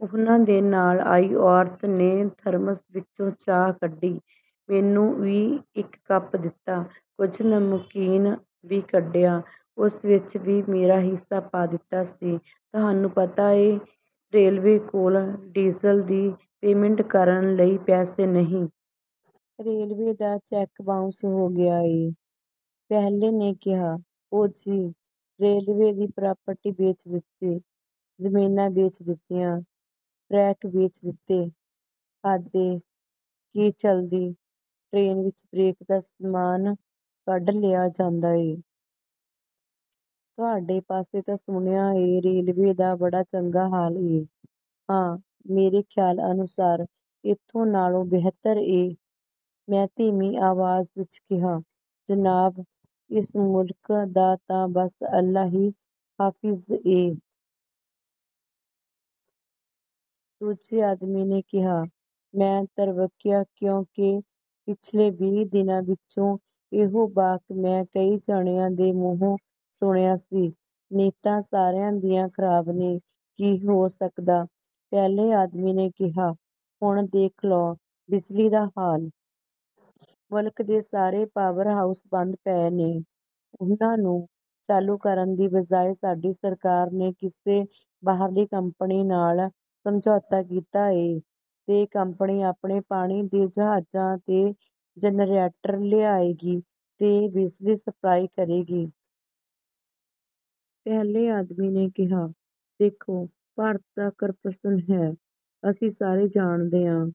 ਉਹਨਾਂ ਦੇ ਨਾਲ ਆਈ ਔਰਤ ਨੇ ਥਰਮਸ ਵਿਚੋਂ ਚਾਹ ਕੱਢੀ। ਮੈਨੂੰ ਵੀ ਇੱਕ ਕੱਪ ਦਿੱਤਾ। ਕੁਝ ਨਮਕੀਨ ਵੀ ਕੱਢਿਆ। ਉਸ ਵਿੱਚ ਵੀ ਮੇਰਾ ਹਿੱਸਾ ਪਾ ਦਿੱਤਾ ਸੀ। "ਤੁਹਾਨੂੰ ਪਤਾ ਏ... ਰੇਲਵੇ ਕੋਲ ਡੀਜ਼ਲ ਦੀ ਪੇਮੈਂਟ ਕਰਨ ਲਈ ਪੈਸੇ ਨਹੀਂ... ਰੇਲਵੇ ਦਾ ਚੈੱਕ ਬਾਊਂਸ ਹੋ ਗਿਆ ਏ।" ਪਹਿਲੇ ਨੇ ਕਿਹਾ। "ਓ ਜੀ, ਰੇਲਵੇ ਦੀ ਪ੍ਰਾਪਰਟੀ ਵੇਚ ਦਿੱਤੀ, ਜ਼ਮੀਨਾਂ ਵੇਚ ਦਿੱਤੀਆਂ... ਟਰੈਕ ਵੇਚ ਦਿੱਤੇ।" "ਹੱਦ ਐ ਕਿ ਚੱਲਦੀ ਟਰੇਨ ਵਿੱਚੋਂ ਬਰੇਕ ਦਾ ਸਾਮਾਨ ਕੱਢ ਲਿਆ ਜਾਂਦਾ ਏ।" "ਤੁਹਾਡੇ ਪਾਸੇ ਤਾਂ ਸੁਣਿਆ ਏ ਰੇਲਵੇ ਦਾ ਬੜਾ ਚੰਗਾ ਹਾਲ ਏ।" "ਹਾਂ... ਮੇਰੇ ਖ਼ਿਆਲ ਅਨੁਸਾਰ... ਇੱਥੋਂ ਨਾਲੋਂ ਬਿਹਤਰ ਏ।" ਮੈਂ ਧੀਮੀ ਆਵਾਜ਼ ਵਿੱਚ ਕਿਹਾ। "ਜਨਾਬ, ਇਸ ਮੁਲਕ ਦਾ ਤਾਂ ਬਸ ਅੱਲਾਹ ਹੀ ਹਾਫ਼ਿਜ਼ ਏ।" ਦੂਜੇ ਆਦਮੀ ਨੇ ਕਿਹਾ। ਮੈਂ ਤ੍ਰਬਕਿਆ ਕਿਉਂਕਿ ਪਿਛਲੇ ਵੀਹ ਦਿਨਾਂ ਵਿੱਚ ਇਹੋ ਵਾਕ ਮੈਂ ਕਈ ਜਣਿਆਂ ਦੇ ਮੂੰਹੋਂ ਸੁਣਿਆ ਸੀ। "ਨੀਅਤਾਂ ਸਾਰਿਆਂ ਦੀਆਂ ਖ਼ਰਾਬ ਨੇ... ਕੀ ਹੋ ਸਕਦਾ।" ਪਹਿਲੇ ਆਦਮੀ ਨੇ ਕਿਹਾ-- "ਹੁਣ ਦੇਖ ਲਓ ਬਿਜਲੀ ਦਾ ਹਾਲ... ਮੁਲਕ ਦੇ ਸਾਰੇ ਪਾਵਰ ਹਾਊਸ ਬੰਦ ਪਏ ਨੇ। ਉਹਨਾਂ ਨੂੰ ਚਾਲੂ ਕਰਨ ਦੀ ਬਜਾਏ ਸਾਡੀ ਸਰਕਾਰ ਨੇ ਕਿਸੇ ਬਾਹਰਲੀ ਕੰਪਨੀ ਨਾਲ ਸਮਝੌਤਾ ਕੀਤਾ ਏ ਤੇ ਕੰਪਨੀ ਆਪਣੇ ਪਾਣੀ ਦੇ ਜਹਾਜ਼ਾਂ 'ਤੇ ਜਨਰੇਟਰ ਲਿਆਏਗੀ ਤੇ ਬਿਜਲੀ ਸਪਲਾਈ ਕਰੇਗੀ।" ਪਹਿਲੇ ਆਦਮੀ ਨੇ ਕਿਹਾ। "ਦੇਖੋ... ਭਾਰਤ 'ਚ ਕਰਪਸ਼ਨ ਹੈ... ਅਸੀਂ ਸਾਰੇ ਜਾਣਦੇ ਆਂ...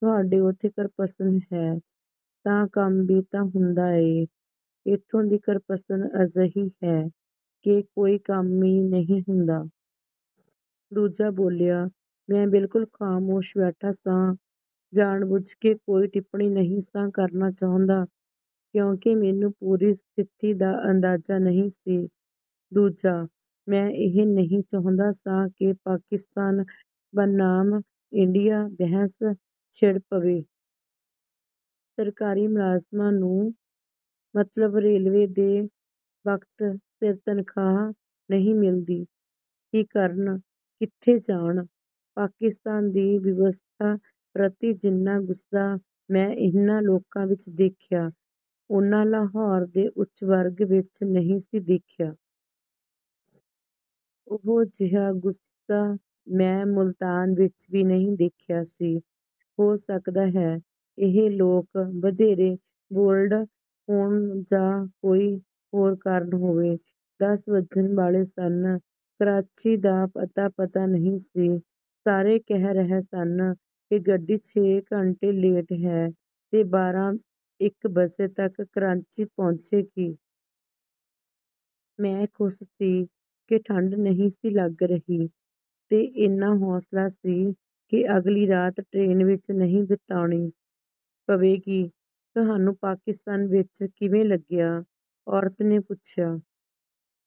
ਤੁਹਾਡੇ ਉੱਥੇ ਕਰਪਸ਼ਨ ਹੈ ਤਾਂ ਕੰਮ ਵੀ ਤਾਂ ਹੁੰਦਾ ਏ। ਇੱਥੋਂ ਦੀ ਕਰਪਸ਼ਨ ਅਜਿਹੀ ਹੈ ਕਿ ਕੋਈ ਕੰਮ ਈ ਨਹੀਂ ਹੁੰਦਾ।" ਦੂਜਾ ਬੋਲਿਆ। ਮੈਂ ਬਿਲਕੁਲ ਖ਼ਾਮੋਸ਼ ਬੈਠਾ ਸਾਂ। ਜਾਣ-ਬੁੱਝ ਕੇ ਕੋਈ ਟਿੱਪਣੀ ਨਹੀਂ ਸਾਂ ਕਰਨਾ ਚਾਹੁੰਦਾ, ਕਿਉਂਕਿ ਮੈਨੂੰ ਪੂਰੀ ਸਥਿਤੀ ਦਾ ਅੰਦਾਜ਼ਾ ਨਹੀਂ ਸੀ। ਦੂਜਾ, ਮੈਂ ਇਹ ਨਹੀਂ ਚਾਹੁੰਦਾ ਸਾਂ ਕਿ ਪਾਕਿਸਤਾਨ ਬਨਾਮ ਇੰਡੀਆ ਬਹਿਸ ਛਿੜ ਪਵੇ। "ਸਰਕਾਰੀ ਮੁਲਾਜ਼ਮਾਂ ਨੂੰ... ਮਤਲਬ ਰੇਲਵੇ ਦੇ... ਵਕਤ ਸਿਰ ਤਨਖ਼ਾਹ ਨਹੀਂ ਮਿਲਦੀ। ਕੀ ਕਰਨ? ਕਿੱਥੇ ਜਾਣ?" ਪਾਕਿਸਤਾਨ ਦੀ ਵਿਵਸਥਾ ਪ੍ਰਤੀ ਜਿੰਨਾ ਗੁੱਸਾ ਮੈਂ ਇਹਨਾਂ ਲੋਕਾਂ ਵਿੱਚ ਦੇਖਿਆ, ਓਨਾ ਲਾਹੌਰ ਦੇ ਉੱਚ ਵਰਗ ਵਿੱਚ ਨਹੀਂ ਸੀ ਦੇਖਿਆ। ਓਹੋ ਜਿਹਾ ਗੁੱਸਾ ਮੈਂ ਮੁਲਤਾਨ ਵਿੱਚ ਵੀ ਨਹੀਂ ਦੇਖਿਆ ਸੀ। ਹੋ ਸਕਦਾ ਹੈ, ਇਹ ਲੋਕ ਵਧੇਰੇ 'ਬੋਲਡ' ਹੋਣ ਜਾਂ ਕੋਈ ਹੋਰ ਕਾਰਨ ਹੋਵੇ। ਦਸ ਵੱਜਣ ਵਾਲੇ ਸਨ। ਕਰਾਚੀ ਦਾ ਅਤਾ-ਪਤਾ ਨਹੀਂ ਸੀ। ਸਾਰੇ ਕਹਿ ਰਹੇ ਸਨ ਕਿ ਗੱਡੀ ਛੇ ਘੰਟੇ ਲੇਟ ਹੈ ਤੇ ਬਾਰਾਂ, ਇੱਕ ਵਜੇ ਤੱਕ ਕਰਾਚੀ ਪਹੁੰਚੇਗੀ। ਮੈਂ ਖ਼ੁਸ਼ ਸੀ ਕਿ ਠੰਡ ਨਹੀਂ ਸੀ ਲੱਗ ਰਹੀ ਤੇ ਏਨਾ ਹੌਸਲਾ ਸੀ ਕਿ ਅਗਲੀ ਰਾਤ ਟਰੇਨ ਵਿੱਚ ਨਹੀਂ ਬਿਤਾਉਣੀ ਪਵੇਗੀ। "ਤੁਹਾਨੂੰ ਪਾਕਿਸਤਾਨ ਵਿੱਚ ਕਿਵੇਂ ਲੱਗਿਆ?" ਔਰਤ ਨੇ ਪੁੱਛਿਆ।